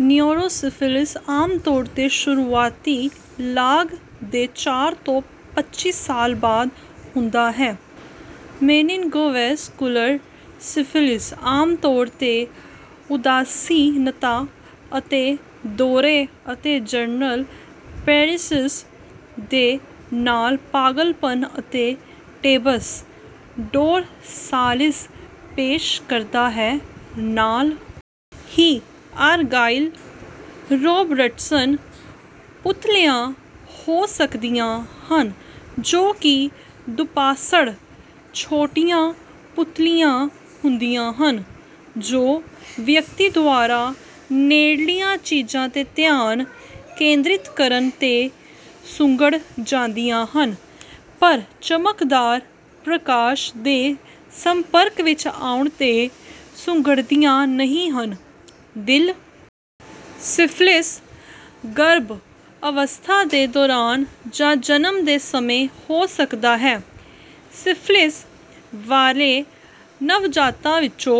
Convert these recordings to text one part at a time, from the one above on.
Neurosyphilis ਆਮ ਤੌਰ 'ਤੇ ਸ਼ੁਰੂਆਤੀ ਲਾਗ ਦੇ ਚਾਰ ਤੋਂ ਪੱਚੀ ਸਾਲ ਬਾਅਦ ਹੁੰਦਾ ਹੈ। ਮੇਨਿਨਗੋਵੈਸਕੁਲਰ ਸਿਫਿਲਿਸ ਆਮ ਤੌਰ 'ਤੇ ਉਦਾਸੀਨਤਾ ਅਤੇ ਦੌਰੇ, ਅਤੇ ਜਨਰਲ ਪੈਰਿਸਿਸ ਦੇ ਨਾਲ ਪਾਗਲਪਣ ਅਤੇ ਟੇਬਸ ਡੋਰਸਾਲਿਸ ਪੇਸ਼ ਕਰਦਾ ਹੈ। ਨਾਲ ਹੀ, ਆਰਗਾਈਲ ਰੋਬਰਟਸਨ ਪੁਤਲੀਆਂ ਹੋ ਸਕਦੀਆਂ ਹਨ, ਜੋ ਕਿ ਦੁਪਾਸੜ ਛੋਟੀਆਂ ਪੁਤਲੀਆਂ ਹੁੰਦੀਆਂ ਹਨ, ਜੋ ਵਿਅਕਤੀ ਦੁਆਰਾ ਨੇੜਲੀਆਂ ਚੀਜ਼ਾਂ 'ਤੇ ਧਿਆਨ ਕੇਂਦ੍ਰਿਤ ਕਰਨ 'ਤੇ ਸੁੰਗੜ ਜਾਂਦੀਆਂ ਹਨ, ਪਰ ਚਮਕਦਾਰ ਪ੍ਰਕਾਸ਼ ਦੇ ਸੰਪਰਕ ਵਿੱਚ ਆਉਣ 'ਤੇ ਸੁੰਗੜਦੀਆਂ ਨਹੀਂ ਹਨ। ਦਿਲ ਸਿਫਿਲਿਸ ਗਰਭ-ਅਵਸਥਾ ਦੇ ਦੌਰਾਨ ਜਾਂ ਜਨਮ ਦੇ ਸਮੇਂ ਹੋ ਸਕਦਾ ਹੈ। ਸਿਫਿਲਿਸ ਵਾਲੇ ਨਵਜਾਤਾਂ ਵਿੱਚੋਂ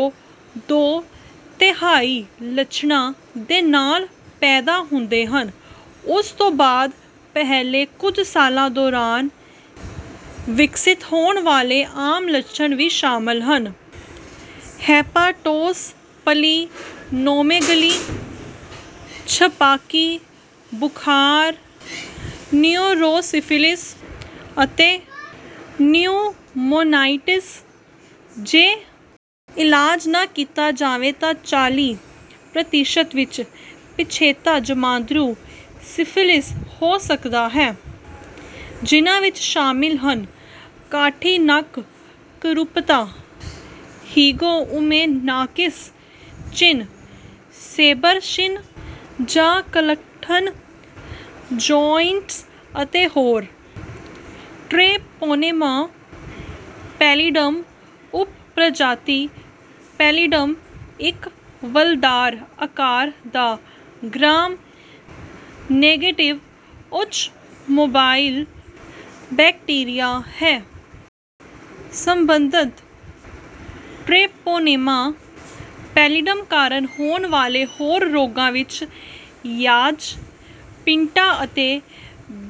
ਦੋ-ਤਿਹਾਈ ਲੱਛਣਾਂ ਦੇ ਨਾਲ ਪੈਦਾ ਹੁੰਦੇ ਹਨ। ਉਸ ਤੋਂ ਬਾਅਦ ਪਹਿਲੇ ਕੁਝ ਸਾਲਾਂ ਦੌਰਾਨ ਵਿਕਸਿਤ ਹੋਣ ਵਾਲੇ ਆਮ ਲੱਛਣਾਂ ਵਿੱਚ ਸ਼ਾਮਲ ਹਨ: ਹੈਪਾਟੋਸਪਲੀਨੋਮੇਗਲੀ, ਛਪਾਕੀ, ਬੁਖ਼ਾਰ, ਨਿਊਰੋਸਿਫਿਲਿਸ ਅਤੇ ਨਿਊਮੋਨਾਈਟਿਸ। ਜੇ ਇਲਾਜ ਨਾ ਕੀਤਾ ਜਾਵੇ, ਤਾਂ ਚਾਲੀ ਪ੍ਰਤੀਸ਼ਤ ਵਿੱਚ ਪਿਛੇਤਾ ਜਮਾਂਦਰੂ ਸਿਫਿਲਿਸ ਹੋ ਸਕਦਾ ਹੈ, ਜਿਨ੍ਹਾਂ ਵਿੱਚ ਸ਼ਾਮਲ ਹਨ: ਕਾਠੀ ਨੱਕ ਕਰੂਪਤਾ, ਹਿਗੋਉਮੇਨਾਕਿਸ ਚਿੰਨ੍ਹ, ਸੇਬਰ ਸ਼ਿਨ, ਜਾਂ ਕਲੱਟਨ ਜੋਇੰਟਸ ਅਤੇ ਹੋਰ। ਟ੍ਰੇਪੋਨੇਮਾ ਪੈਲਿਡਮ ਉਪ-ਪ੍ਰਜਾਤੀ ਪੈਲਿਡਮ ਇੱਕ ਵੱਲਦਾਰ ਆਕਾਰ ਦਾ, ਗ੍ਰਾਮ-ਨੇਗੇਟਿਵ, ਉੱਚ ਮੋਬਾਈਲ ਬੈਕਟੀਰੀਆ ਹੈ। ਸਬੰਧਤ ਟ੍ਰੇਪੋਨੇਮਾ ਪੈਲਿਡਮ ਕਾਰਨ ਹੋਣ ਵਾਲੇ ਹੋਰ ਰੋਗਾਂ ਵਿੱਚ ਯਾਜ, ਪਿੰਟਾ ਅਤੇ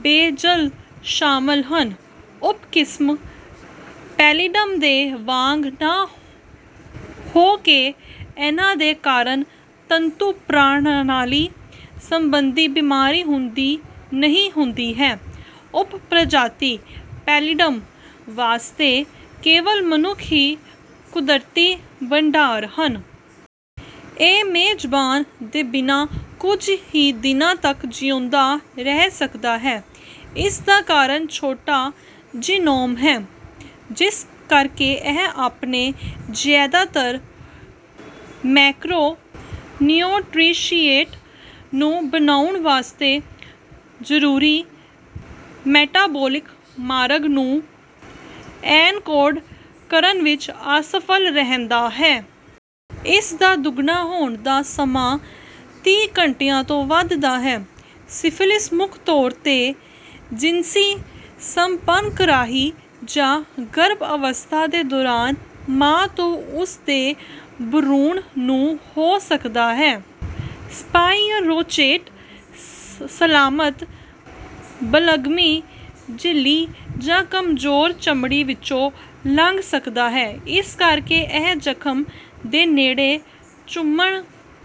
ਬੇਜਲ ਸ਼ਾਮਲ ਹਨ। ਉਪ-ਕਿਸਮ ਪੈਲਿਡਮ ਦੇ ਵਾਂਗ ਨਾ ਹੋ ਕੇ, ਇਹਨਾਂ ਦੇ ਕਾਰਨ ਤੰਤੂ ਪ੍ਰਣਾਲੀ ਸਬੰਧੀ ਬਿਮਾਰੀ ਨਹੀਂ ਹੁੰਦੀ ਹੈ। ਉਪ-ਪ੍ਰਜਾਤੀ ਪੈਲਿਡਮ ਵਾਸਤੇ ਕੇਵਲ ਮਨੁੱਖ ਹੀ ਕੁਦਰਤੀ ਭੰਡਾਰ ਹਨ। ਇਹ ਮੇਜ਼ਬਾਨ ਦੇ ਬਿਨਾਂ ਕੁਝ ਹੀ ਦਿਨਾਂ ਤੱਕ ਜਿਉਂਦਾ ਰਹਿ ਸਕਦਾ ਹੈ। ਇਸ ਦਾ ਕਾਰਨ ਛੋਟਾ ਜਿਨੋਮ ਹੈ, ਜਿਸ ਕਰਕੇ ਇਹ ਆਪਣੇ ਜ਼ਿਆਦਾਤਰ ਮੈਕਰੋ-ਨਿਊਟ੍ਰੀਸ਼ਿਏਂਟ ਨੂੰ ਬਣਾਉਣ ਵਾਸਤੇ ਜ਼ਰੂਰੀ ਮੈਟਾਬੋਲਿਕ ਮਾਰਗ ਨੂੰ ਐਨਕੋਡ ਕਰਨ ਵਿੱਚ ਅਸਫਲ ਰਹਿੰਦਾ ਹੈ। ਇਸ ਦਾ ਦੁੱਗਣਾ ਹੋਣ ਦਾ ਸਮਾਂ ਤੀਹ ਘੰਟਿਆਂ ਤੋਂ ਵੱਧ ਦਾ ਹੈ। ਸਿਫਿਲਿਸ ਮੁੱਖ ਤੌਰ 'ਤੇ ਜਿਨਸੀ ਸੰਪਰਕ ਰਾਹੀਂ ਜਾਂ ਗਰਭ-ਅਵਸਥਾ ਦੇ ਦੌਰਾਨ ਮਾਂ ਤੋਂ ਉਸ ਦੇ ਭਰੂਣ ਨੂੰ ਹੋ ਸਕਦਾ ਹੈ। ਸਪਾਇਰੋਚੇਟ ਸਲਾਮਤ ਬਲਗਮੀ ਝਿੱਲੀ ਜਾਂ ਕਮਜ਼ੋਰ ਚਮੜੀ ਵਿੱਚੋਂ ਲੰਘ ਸਕਦਾ ਹੈ। ਇਸ ਕਰਕੇ ਇਹ ਜਖਮ ਦੇ ਨੇੜੇ ਚੁੰਮਣ...